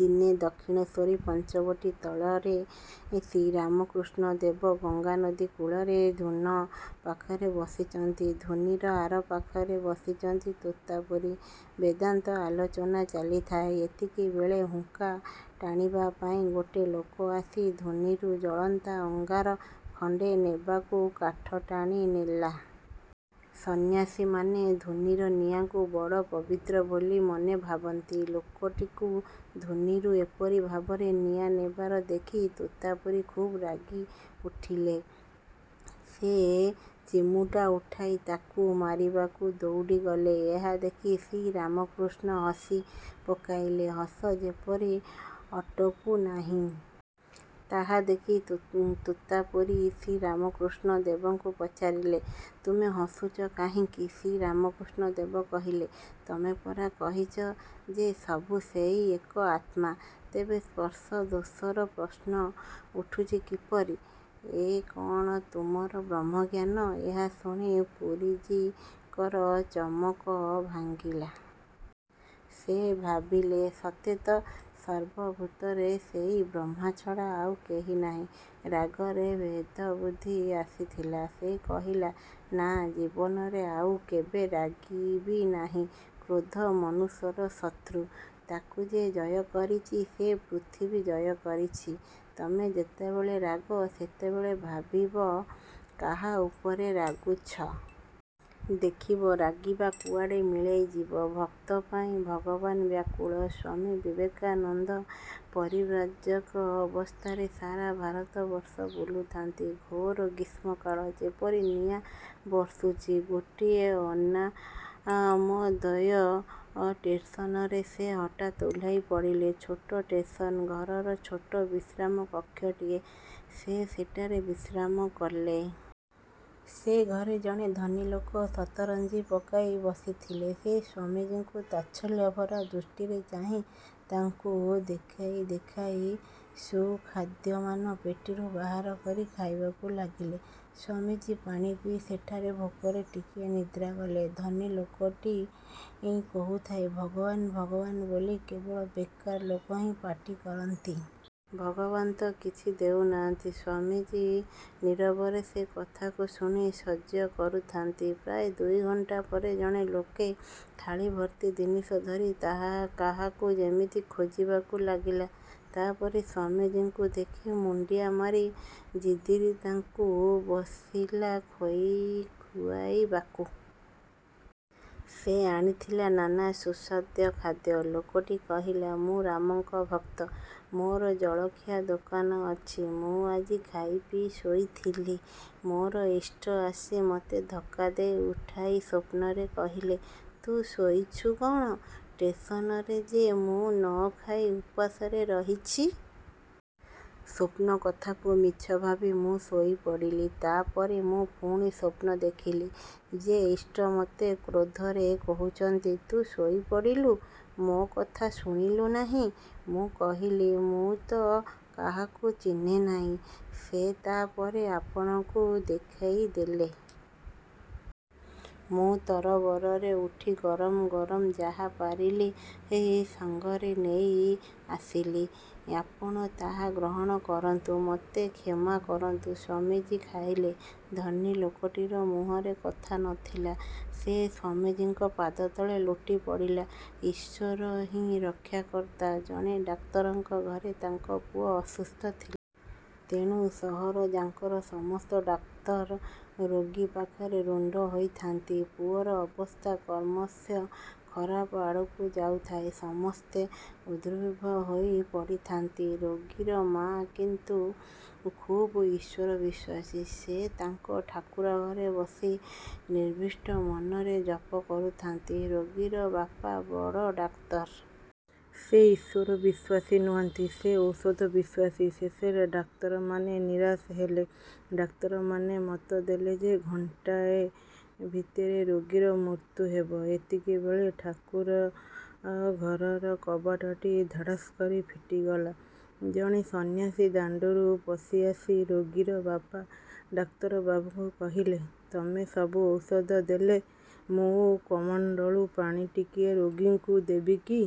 ଦିନେ ଦକ୍ଷିଣେଶ୍ୱର ପଞ୍ଚବଟୀ ତଳରେ ଶ୍ରୀରାମକୃଷ୍ଣ ଦେବ ଗଙ୍ଗାନଦୀ କୂଳରେ ଧୁନ ପାଖରେ ବସିଛନ୍ତି। ଧୁନିର ଆର ପାଖରେ ବସିଛନ୍ତି ତୋତାପୁରୀ। ବେଦାନ୍ତର ଆଲୋଚନା ଚାଲିଥାଏ। ଏତିକିବେଳେ ହୁକା ଟାଣିବା ପାଇଁ ଗୋଟିଏ ଲୋକ ଆସି ଧୁନିରୁ ଜଳନ୍ତା ଅଙ୍ଗାର ଖଣ୍ତେ ନେବାକୁ କାଠ ଟାଣି ନେଲା। ସନ୍ନ୍ୟାସୀମାନେ ଧୁନିର ନିଆଁକୁ ବଡ଼ ପବିତ୍ର ବୋଲି ମନେ ଭାବନ୍ତି। ଲୋକଟିକୁ ଧୁନିରୁ ଏପରି ଭାବରେ ନିଆଁ ନେବାର ଦେଖି ତୋତାପୁରୀ ଖୁବ୍ ରାଗି ଉଠିଲେ। ସେ ଚିମୁଟା ଉଠାଇ ତାକୁ ମାରିବାକୁ ଦଉଡ଼ିଗଲେ। ଏହା ଦେଖି ଶ୍ରୀରାମକୃଷ୍ଣ ହସି ପକାଇଲେ। ହସ ଯେପରି ଅଟକୁ ନାହିଁ। ତାହା ଦେଖି ତୋତାପୁରୀ ଶ୍ରୀରାମକୃଷ୍ଣ ଦେବଙ୍କୁ ପଚାରିଲେ—''ତମେ ହସୁଛ କାହିଁକି? '' ଶ୍ରୀରାମକୃଷ୍ଣ ଦେବ କହିଲେ—''ତମେ ପରା କହିଛ ଯେ ସବୁ ସେହି ଏକ ଆତ୍ମା—ତେବେ ସ୍ପର୍ଶ ଦୋଷର ପ୍ରଶ୍ନ ଉଠୁଛି କିପରି? ଏଇ କ'ଣ ତମର ବ୍ରହ୍ମଜ୍ଞାନ? '' ଏହା ଶୁଣି ପୁରୀଜୀଙ୍କର ଚମକ ଭାଙ୍ଗିଲା। ସେ ଭାବିଲେ—ସତେ ତ! ସର୍ବଭୂତରେ ସେହି ବ୍ରହ୍ମ ଛଡ଼ା ଆଉ କେହି ନାହିଁ। ରାଗରେ ଭେଦବୁଦ୍ଧି ଆସିଥିଲା। ସେ କହିଲେ—''ନା, ଜୀବନରେ ଆଉ କେବେ ରାଗିବି ନାହିଁ। '' କ୍ରୋଧ ମନୁଷ୍ୟର ଶତ୍ରୁ। ତାକୁ ଯେ ଜୟ କରିଛି, ସେ ପୃଥିବୀ ଜୟ କରିଛି। ତମେ ଯେତେବେଳେ ରାଗ, ସେତେବେଳେ ଭାବିବ କାହା ଉପରେ ରାଗୁଛ? ଦେଖିବ ରାଗିବା କୁଆଡ଼େ ମିଳାଇଯିବ। ଭକ୍ତପାଇଁ ଭଗବାନ ବ୍ୟାକୁଳ ସ୍ୱାମୀ ବିବେକାନନ୍ଦ ପରିବ୍ରାଜକ ଅବସ୍ଥାରେ ସାରା ଭାରତବର୍ଷ ବୁଲୁଥାନ୍ତି। ଘୋର ଗ୍ରୀଷ୍ମକାଳ, ଯେପରି ନିଆଁ ବର୍ଷୁଛି। ଗୋଟିଏ ଅନାମଧେୟ ଷ୍ଟେସନରେ ସେ ହଠାତ୍ ଓହ୍ଲାଇ ପଡ଼ିଲେ। ଛୋଟ ଷ୍ଟେସନ ଘରର ଛୋଟ ବିଶ୍ରାମ କକ୍ଷଟିଏ। ସେ ସେଠାରେ ବିଶ୍ରାମ କଲେ। ସେ ଘରେ ଜଣେ ଧନୀ ଲୋକ ସତରଞ୍ଜି ପକାଇ ବସିଥିଲେ। ସେ ସ୍ୱାମୀଜୀଙ୍କୁ ତାଚ୍ଛଲ୍ୟଭରା ଦୃଷ୍ଟିରେ ଚାହିଁ ତାଙ୍କୁ ଦେଖାଇ ଦେଖାଇ ସୁଖାଦ୍ୟମାନ ପେଟିରୁ ବାହାର କରି ଖାଇବାକୁ ଲାଗିଲେ। ସ୍ୱାମୀଜୀ ପାଣି ପିଇ ସେଠାରେ ଭୋକରେ ଟିକିଏ ନିଦ୍ରା ଗଲେ। ଧନୀ ଲୋକଟି କହୁଥାଏ— ''ଭଗବାନ ଭଗବାନ ବୋଲି କେବଳ ବେକାର ଲୋକହିଁ ପାଟି କରନ୍ତି। ଭଗବାନତ କିଛି ଦେଉ ନାହାନ୍ତି? '' ସ୍ୱାମୀଜୀ ନୀରବରେ ସେ କଥାକୁ ଶୁଣି ସହ୍ୟ କରୁଥାନ୍ତି। ପ୍ରାୟ ଦୁଇଘଣ୍ଟା ପରେ ଜଣେ ଲୋକ ଥାଳି-ଭର୍ତ୍ତି ଜିନିଷ ଧରି କାହାକୁ ଯେମିତି ଖୋଜିବାକୁ ଲାଗିଲା। ତା' ପରେ ସ୍ୱାମୀଜୀଙ୍କୁ ଦେଖି ମୁଣ୍ତିଆ ମାରି ଜିଦ୍ଧରି ତାଙ୍କୁ ବସିଲା ଖୁଆଇବାକୁ। ସେ ଆଣିଥିଲା ନାନା ସୁସ୍ୱାଦୁ ଖାଦ୍ୟ। ଲୋକଟି କହିଲା— ''ମୁଁ ରାମଙ୍କ ଭକ୍ତ। ମୋର ଜଳଖିଆ ଦୋକାନ ଅଛି। ମୁଁ ଆଜି ଖାଇପିଇ ଶୋଇଥିଲି। ମୋର ଇଷ୍ଟ ଆସି ମୋତେ ଧକ୍କା ଦେଇ ଉଠାଇ ସ୍ୱପ୍ନରେ କହିଲେ—'ତୁ ଶୋଇଛୁ କ'ଣ? ଷ୍ଟେସନରେ ଯେ ମୁଁ ନ ଖାଇ ଉପାସରେ ରହିଛି। ' ସ୍ୱପ୍ନ କଥାକୁ ମିଛ ଭାବି ମୁଁ ଶୋଇପଡ଼ିଲି। ତା' ପରେ ମୁଁ ପୁଣି ସ୍ୱପ୍ନ ଦେଖିଲି ଯେ ଇଷ୍ଟ ମୋତେ କ୍ରୋଧରେ କହୁଛନ୍ତି 'ତୁ ଶୋଇପଡ଼ିଲୁ, ମୋ କଥା ଶୁଣିଲୁ ନାହିଁ। ' ମୁଁ କହିଲି, 'ମୁଁ ତ କାହାକୁ ଚିହ୍ନେ ନାହିଁ। ' ସେ ତା' ପରେ ଆପଣଙ୍କୁ ଦେଖାଇ ଦେଲେ। ମୁଁ ତରବରରେ ଉଠି ଗରମ ଗରମ ଯାହା ପାରିଲି, ସଙ୍ଗରେ ନେଇ ଚାଲି ଆସିଲି। ଆପଣ ତାହା ଗ୍ରହଣ କରନ୍ତୁ। ମୋତେ କ୍ଷମା କରନ୍ତୁ। '' ସ୍ୱାମୀଜୀ ଖାଇଲେ। ଧନୀ ଲୋକଟିର ମୁହଁରେ କଥା ନ ଥିଲା। ସେ ସ୍ୱାମୀଜୀଙ୍କ ପାଦତଳେ ଲୋଟି ପଡ଼ିଲା। ଈଶ୍ୱର ହିଁ ରକ୍ଷାକର୍ତ୍ତା ଜଣେ ଡାକ୍ତରଙ୍କ ଘରେ ତାଙ୍କ ପୁଅ ଅସୁସ୍ଥ ଥାଏ। ତେଣୁ ସହରଯାକର ସମସ୍ତ ଡାକ୍ତର ରୋଗୀ ପାଖରେ ରୁଣ୍ତ ହୋଇଥାନ୍ତି। ପୁଅର ଅବସ୍ଥା କ୍ରମଶଃ ଖରାପ ଆଡ଼କୁ ଯାଉଥାଏ। ସମସ୍ତେ ଉଦ୍ଗ୍ରୀବ ହୋଇ ପଡ଼ିଥାନ୍ତି। ରୋଗୀର ମା କିନ୍ତୁ ଖୁବ୍ ଈଶ୍ୱରବିଶ୍ୱାସୀ। ସେ ତାଙ୍କ ଠାକୁରଘରେ ବସି ନିବିଷ୍ଟ। ମନରେ ଜପ କରୁଛନ୍ତି। ରୋଗୀର ବାପ ବଡ଼ ଡାକ୍ତର। ସେ ଈଶ୍ୱର-ବିଶ୍ୱାସୀ ନୁହନ୍ତି, ସେ ଔଷଧ-ବିଶ୍ୱାସୀ। ଶେଷରେ ଡାକ୍ତରମାନେ ନିରାଶ ହେଲେ। ଡାକ୍ତରମାନେ ମତ ଦେଲେ ଯେ ଘଣ୍ଟାଏ ଭିତରେ ରୋଗୀର ମୃତ୍ୟୁ ହେବ। ଏତିକିବେଳେ ଠାକୁରଘରର କବାଟଟି ଧଡ଼ାସ୍ କରି ଫିଟିଗଲା। ଜଣେ ସନ୍ନ୍ୟାସୀ ଦାଣ୍ତରୁ ପଶି ଆସି ରୋଗୀର ବାପ ଡାକ୍ତରବାବୁଙ୍କୁ କହିଲେ—''ତମେ ସବୁ ଔଷଧ ଦେଲ, ମୁଁ କମଣ୍ତଳୁ ପାଣି ଟିକିଏ ରୋଗୀକୁ ଦେବିକି?